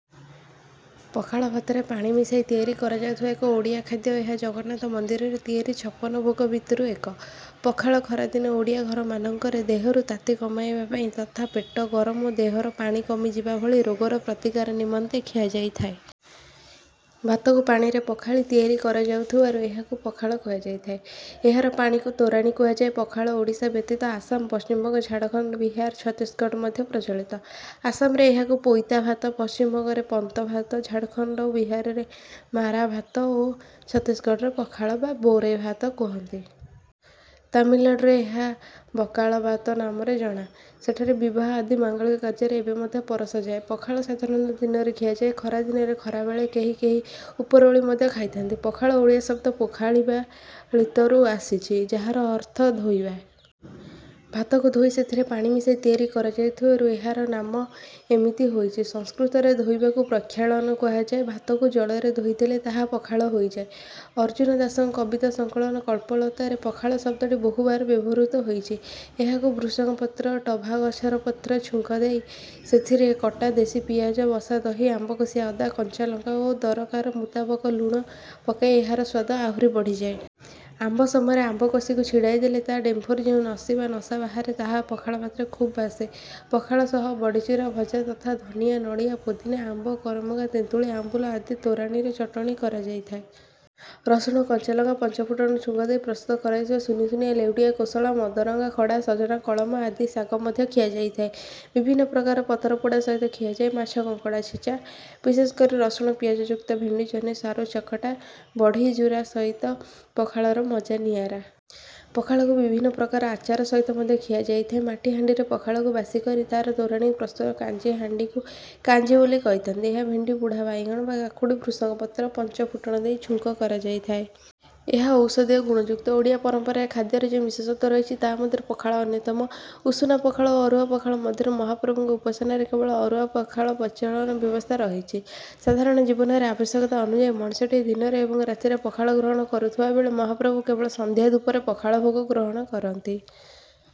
ପଖାଳ ଭାତରେ ପାଣି ମିଶାଇ ତିଆରି କରାଯାଉଥିବା ଏକ ଓଡ଼ିଆ ଖାଦ୍ୟ। ଏହା ଜଗନ୍ନାଥ ମନ୍ଦିରରେ ତିଆରି ଛପନ ଭୋଗ ଭିତରୁ ଏକ। ପଖାଳ ଖରା ଦିନରେ ଓଡ଼ିଆ ଘରମାନଙ୍କରେ ଦେହରୁ ତାତି କମାଇବା ପାଇଁ ତଥା ପେଟ ଗରମ ଓ ଦେହରେ ପାଣି କମିଯିବା ଭଳି ରୋଗର ପ୍ରତିକାର ନିମନ୍ତେ ଖିଆଯାଇଥାଏ। ଭାତକୁ ପାଣିରେ ପଖାଳି ତିଆରି କରାଯାଉଥିବାରୁ ଏହାକୁ ପଖାଳ କୁହାଯାଏ। ଏହାର ପାଣିକୁ ତୋରାଣି କୁହାଯାଇଥାଏ। ପଖାଳ ଓଡ଼ିଶା ବ୍ୟତୀତ ଆସାମ, ପଶ୍ଚିମ ବଙ୍ଗ, ଝାଡ଼ଖଣ୍ଡ, ବିହାର ଓ ଛତିଶଗଡ଼ ମଧ୍ୟ ପ୍ରଚଳିତ। ଆସାମରେ ଏହାକୁ ପୋଇତା ଭାତ ପଶ୍ଚିମ ବଙ୍ଗରେ ପନ୍ତ ଭାତ, ଝାଡ଼ଖଣ୍ଡ ଓ ବିହାରରେ ମାରା ଭାତ ଓ ଛତିଶଗଡ଼ରେ ପଖାଳ ବା ବୋରେ ଭାତ କହନ୍ତି। ତାମିଲନାଡୁରେ ଏହା ବକାଳ ବାତ ନାମରେ ଜଣା। ସେଠାରେ ବିବାହ ଆଦି ମାଙ୍ଗଳିକ କାର୍ଯ୍ୟରେ ଏବେ ମଧ୍ୟ ପରଷା ଯାଏ। ପଖାଳ ସାଧାରଣତଃ ଦିନରେ ଖିଆଯାଏ। ଖରାଦିନରେ ଖରାବେଳେ, କେହି କେହି ଉପରଓଳି ମଧ୍ୟ ଖାଇଥାଆନ୍ତି। ପଖାଳ ଓଡ଼ିଆ ଶବ୍ଦ ପଖାଳିବା ଳିତ ରୁ ଆସିଛି ଯାହାର ଅର୍ଥ ଧୋଇବା। ଭାତକୁ ଧୋଇ ସେଥିରେ ପାଣି ମିଶାଇ ତିଆରି କରାଯାଉଥିବାରୁ ଏହାର ନାମ ଏମିତି ହୋଇଅଛି। ସଂସ୍କୃତରେ ଧୋଇବାକୁ ପ୍ରକ୍ଷାଳନ କୁହାଯାଇଥାଏ। ଭାତକୁ ଜଳରେ ଧୋଇଦେଲେ ତାହା ପଖାଳ ହୋଇଯାଏ। ଅର୍ଜୁନ ଦାସଙ୍କ କବିତା ସଙ୍କଳନ କଳ୍ପଲତା ରେ ପଖାଳ ଶବ୍ଦଟି ବହୁବାର ବ୍ୟବହୃତ ହୋଇଛି। ଏହାକୁ ଭୃସଙ୍ଗ ପତ୍ର, ଟଭାଗଛର ପତ୍ର ଛୁଙ୍କ ଦେଇ ସେଥିରେ କଟା ଦେଶୀ ପିଆଜ, ବସାଦହି, ଆମ୍ବକସିଆ ଅଦା, କଞ୍ଚାଲଙ୍କା ଓ ଦରକାର ମୁତାବକ ଲୁଣ ପକାଇଲେ ଏହାର ସ୍ୱାଦ ଆହୁରି ବଢ଼ିଯାଏ। ଆମ୍ବ ସମୟରେ ଆମ୍ବ କଷିକୁ ଛିଡ଼ାଇଦେଲେ ତା' ଡେମ୍ଫରୁ ଯେଉଁ ନସି ବା ନସା ବାହାରେ ତାହା ପଖାଳ ଭାତରେ ଖୁବ୍ ବାସେ। ପଖାଳ ସହ ବଡ଼ିଚୁରା ଓ ଭଜା ତଥା ଧନିଆ, ନଡ଼ିଆ, ପୋଦିନା, ଆମ୍ବ, କରମଙ୍ଗା ତେନ୍ତୁଳି ଆମ୍ବୁଲ ଆଦିରେ ତିଆରି ଚଟଣି ଖିଆଯାଇଥାଏ। ରସୁଣ, ଲଙ୍କା ଓ ପଞ୍ଚୁ ଫୁଟଣରେ ଛୁଙ୍କଦେଇ ପ୍ରସ୍ତୁତ କରାଯାଇଥିବା ସୁନୁସୁନିଆ ଲେଉଟିଆ କୋଶଳା, ମଦରଙ୍ଗା ଖଡ଼ା ସଜନା, କଳମ ଆଦି ଶାଗ ମଧ୍ୟ ଖିଆଯାଇଥାଏ। ବିଭିନ୍ନ ପ୍ରକାରର ପତର ପୋଡ଼ା ସହିତ ଖିଆଯାଏ। ମାଛ, କଙ୍କଡ଼ା ଛେଚା, ବିଶେଷ କରି ରସୁଣ ବା ପିଆଜ ଯୁକ୍ତ ଭେଣ୍ଡି, ଜହ୍ନି, ସାରୁ ଚକଟା, ବଡ଼ିଚୁରା ସହିତ ପଖାଳର ମଜା ନିଆରା। ପଖାଳକୁ ବିଭିନ୍ନ ପ୍ରକାରର ଆଚାର ସହିତ ମଧ୍ୟ ଖିଆ ଯାଇଥାଏ। ମାଟି ହାଣ୍ଡିରେ ପଖାଳକୁ ବାସି କରି ତା'ର ତୋରାଣିରୁ ପ୍ରସ୍ତୁତ କାଞ୍ଜିକୁ ହାଣ୍ଡି କାଞ୍ଜି ବୋଲି କହିଥାନ୍ତି। ଏହା ଭେଣ୍ଡି, ବୁଢା ବାଇଗଣ ବା କାକୁଡ଼ି, ଭୃସଙ୍ଗ ପତ୍ର ଓ ପଞ୍ଚୁ ଫୁଟଣ ଦେଇ ଛୁଙ୍କ କରାଯାଏ। ଏହା ଔଷଧୀୟ ଗୁଣ ଯୁକ୍ତ। ଓଡ଼ିଆ ପରମ୍ପରାରେ ଖାଦ୍ୟର ଯେଉଁ ବିଶେଷତ୍ୱ ରହିଛି ତାହା ମଧ୍ୟରୁ ପଖାଳ ଅନ୍ୟତମ। ଉଷୁନା ପଖାଳ ଓ ଅରୁଆ ପଖାଳ ମଧ୍ୟରୁ ମହାପ୍ରଭୁଙ୍କର ଉପାସନାରେ କେବଳ ଅରୁଆ ପଖାଳ ପ୍ରଚଳନର ବ୍ୟବସ୍ଥା ରହିଛି। ସାଧାରଣ ଜୀବନରେ ଆବଶ୍ୟକତା ଅନୁଯାୟୀ ମଣିଷଟିଏ ଦିନରେ ଏବଂ ରାତିରେ ପଖାଳ ଗ୍ରହଣ କରୁଥବା ବେଳେ ମହାପ୍ରଭୁ କେବଳ ସନ୍ଧ୍ୟାଧୂପରେ ପଖାଳ ଭୋଗ ଗ୍ରହଣ କରନ୍ତି।